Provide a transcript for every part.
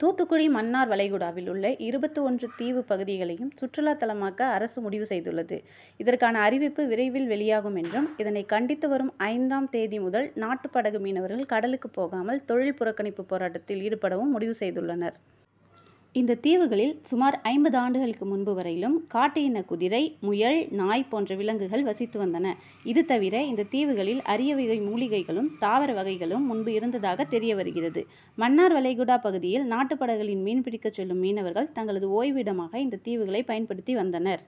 தூத்துக்குடி மன்னார் வளைகுடாவில் உள்ள இருபத்து ஒன்று தீவு பகுதிகளையும் சுற்றுலாதலமாக்க அரசு முடிவு செய்துள்ளது. இதற்கான அறிவிப்பு விரைவில் வெளியாகும் என்றும், இதனை கண்டித்து வரும் ஐந்து ம் தேதி முதல் நாட்டுபடகு மீனவர்கள் கடலுக்கு போகாமல் தொழில் புறக்கணிப்பு போராட்டத்தில் ஈடுபடவும் முடிவு செய்துள்ளனர். இந்த தீவுகளில் சுமார் ஐம்பது ஆண்டுகளுக்கு முன்பு வரையிலும் காட்டு இன குதிரை, முயல், நாய் போன்ற விலங்குகள் வசித்து வந்தன. இது தவிர இந்த தீவுகளில் அரியவகை மூலிகைகளும், தாவர வகைகளும் முன்பு இருந்ததாக தெரியவருகிறது. மன்னார்வளைகுடா பகுதியில் நாட்டு படகுகளில் மீன்பிடிக்க செல்லும் மீனவர்கள் தங்களது ஓய்வு இடமாக இந்த தீவுகளை பயன்படுத்தி வந்தனர்.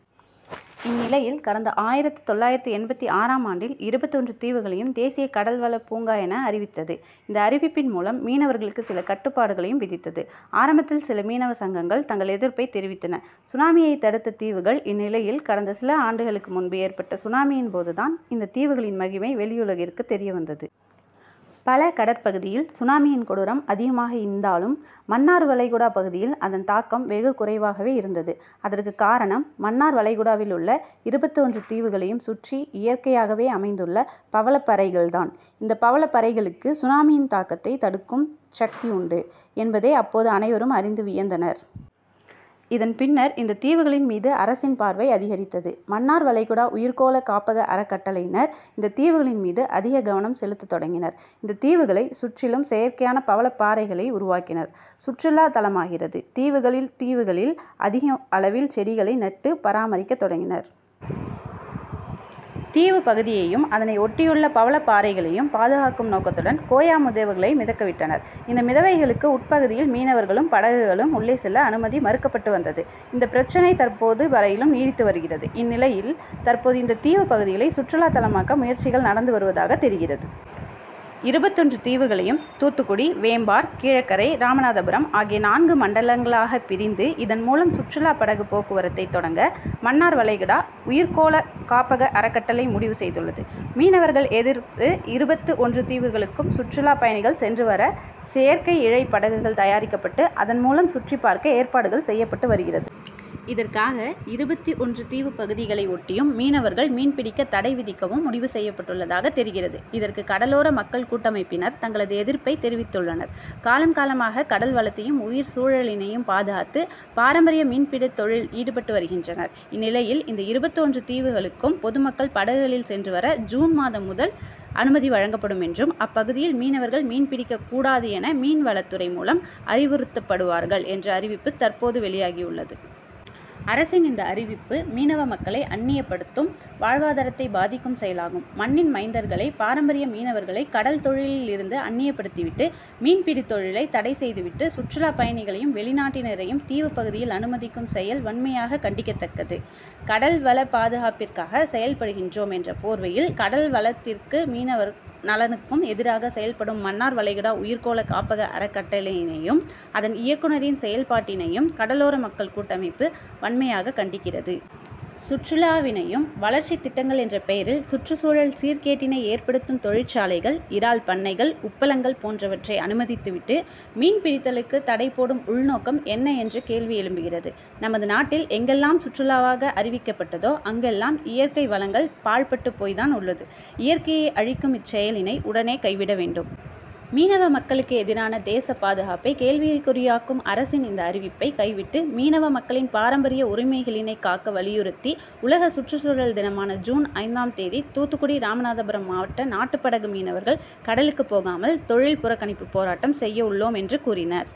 இந்நிலையில் கடந்த ஆயிரத்து தொள்ளாயிரத்து எண்பத்து ஆறு ம் ஆண்டில் இருபத்து ஒன்று தீவுகளையும் தேசிய கடல்வளப் பூங்கா என அரசு அறிவித்தது. இந்த அறிவிப்பின் மூலம் மீனவர்களுக்கு சில கட்டுபாடுகளையும் விதித்தது. ஆரம்பத்தில் சில மீனவ சங்கங்கள் தங்கள் எதிர்ப்பை தெரிவித்தன. சுனாமியை தடுத்த தீவுகள் இந்நிலையில் கடந்த சில ஆண்டுகளுக்கு முன்பு ஏற்பட்ட சுனாமியின் போது தான் இந்த தீவுகளின் மகிமை வெளி உலகிற்கு தெரியவந்தது. பல கடற்பகுதியில் சுனாமியின் கொடூரம் அதிகமாக இந்தாலும், மன்னார்வளைகுடா பகுதியில் அதன் தாக்கம் வெகு குறைவாகவே இருந்தது. அதற்கு காரணம் மன்னார் வளைகுடாவில் உள்ள இருபத்து ஒன்று தீவுகளையும் சுற்றி இயற்கையாகவே அமைந்துள்ள பவளப்பறைகள் தான். இந்த பவளப்பறைகளுக்கு சுனாமியின் தாக்கத்தை தடுக்கும் சக்தி உண்டு என்பதை அப்போது அனைவரும் அறிந்து வியந்தனர். இதன் பின்னர் இந்த தீவுகளின் மீது அரசின் பார்வை அதிகரித்தது. மன்னார்வளைகுடா உயிர்கோள காப்பக அறக்கட்டளையினர் இந்த தீவுகளின் மீது அதிக கவனம் செலுத்த தொடங்கினர். இந்த தீவுகளை சுற்றிலும் செயற்கையான பவளப்பாறைகளை உருவாக்கினர். சுற்றுலா தலமாகிறது தீவுகள் தீவுகளில் அதிக அளவில் செடிகளை நட்டு பராமரிக்க தொடங்கினர். தீவு பகுதியையும், அதனை ஒட்டியுள்ள பவளப்பாறைகளையும் பாதுகாக்கும் நோக்கத்துடன் கோயா மிதவைகளை மிதக்கவிட்டனர். இந்த மிதவைகளுக்கு உட்பகுதியில் மீனவர்களும், படகுகளும் உள்ளே செல்ல அனுமதி மறுக்கப்பட்டு வந்தது. இந்த பிரச்னை தற்போது வரையிலும் நீடித்து வருகிறது. இந்நிலையில் தற்போது இந்த தீவு பகுதிகளை சுற்றுலா தலமாக்க முயற்சிகள் நடந்து வருவதாக தெரிகிறது. இருபத்து ஒன்று தீவுகளையும் தூத்துக்குடி, வேம்பார், கீழக்கரை, ராமநாதபுரம் ஆகிய நான்கு மண்டலங்களாக பிரிந்து, இதன் மூலம் சுற்றுலா படகு போக்குவரத்தை தொடங்க மன்னார் வளைகுடா உயிர்கோள காப்பக அறக்கட்டளை முடிவு செய்துள்ளது. மீனவர்கள் எதிர்ப்பு இருபத்து ஒன்று தீவுகளுக்கும் சுற்றுலா பயணிகள் சென்று வர செயற்கைஇழை படகுகள் தயாரிக்கப்பட்டு அதன் மூலம் சுற்றி பார்க்க ஏற்பாடுகள் செய்யப்பட்டு வருகிறது. இதற்காக இருபத்து ஒன்று தீவு பகுதிகளை ஒட்டியும் மீனவர்கள் மீன்பிடிக்க தடை விதிக்கவும் முடிவு செய்யப்பட்டுள்ளதாக தெரிகிறது. இதற்கு கடலோர மக்கள் கூட்டமைப்பினர் தங்களது எதிர்ப்பை தெரிவித்துள்ளனர். காலம், காலமாக கடல்வளத்தையும், உயிர்சூழலினையும் பாதுகாத்து, பாரம்பரிய மீன்பிடித் தொழிலில் ஈடுபட்டு வருகின்றனர். இந்நிலையில் இந்த இருபத்து ஒன்று தீவுகளுக்கும் பொதுமக்கள் படகுகளில் சென்று வர ஜூன் மாதம் முதல் அனுமதிவழங்கப்படும் என்றும், அப்பகுதியில் மீனவர்கள் மீன்பிடிக்க கூடாது என மீன்வளத்துறை மூலம் அறிவுறுத்தப்படுவார்கள் என்ற அறிவிப்பு தற்போது வெளியாகி உள்ளது. அரசின் இந்த அறிவிப்பு மீனவ மக்களை அந்நியப்படுத்தும், வாழ்வாதாரத்தை பாதிக்கும் செயலாகும். மண்ணின் மைந்தர்களை, பாரம்பரிய மீனவர்களை கடல்தொழிலில் இருந்து அந்நியப்படுத்திவிட்டு, மீன்பிடித் தொழிலை தடை செய்துவிட்டு சுற்றுலா பயணிகளையும், வெளிநாட்டினரையும் தீவுப்பகுதியில் அனுமதிக்கும் செயல் வன்மையாக கண்டிக்கத்தக்கது. கடல்வளப்பாதுகாப்பிற்காக செயல்படுகின்றோம் என்ற போர்வையில் கடல்வளத்திற்கும், மீனவர் நலனுக்கும் எதிராக செயல்படும் மன்னார் வளைகுடா உயிர்கோள காப்பக அறக்கட்டளையினையும், அதன் இயக்குனரின் செயல்பாட்டினையும் கடலோர மக்கள் கூட்டமைப்பு வன்மையாக கண்டிக்கிறது. சுற்றுலாவினையும், வளர்ச்சிதிட்டங்கள் என்ற பெயரில் சுற்றுசூழல் சீர்கேட்டினை ஏற்படுத்தும் தொழிற்சாலைகள், இறால் பண்ணைகள், உப்பளங்கள் போன்றவற்றை அனுமதித்துவிட்டு, மீன்பிடித்தலுக்கு தடைபோடும் உள்நோக்கம் என்ன என்ற கேள்வி எழும்புகிறது. நமது நாட்டில் எங்கெல்லாம் சுற்றுலாவாக அறிவிக்கப்பட்டதோ அங்கெல்லாம் இய ற்கை வளங்கள் பாழ்பட்டுபோய்தான் உள்ளது. இயற்கையை அழி க்கும் இச்செயலினை உடனே கைவிடவேண்டும். மீனவ மக்களுக்கு எதிரான, தேசபாதுகாப்பை கேள்விகுறியாக்கும் அரசின் இந்த அறிவிப்பை கைவிட்டு மீனவ மக்களின் பாரம்பரிய உரிமைகளினை காக்க வலியுறுத்தி உலக சுற்றுசூழல் தினமான ஜூன் ஐந்து ம் தேதி தூத்துக்குடி, ராமநாதபுரம் மாவட்ட நாட்டுபடகு மீனவர்கள் கடலுக்கு போகாமல் தொழில் புறக்கணிப்பு போராட்டம் செய்ய உள்ளோம் என்று கூறினார்.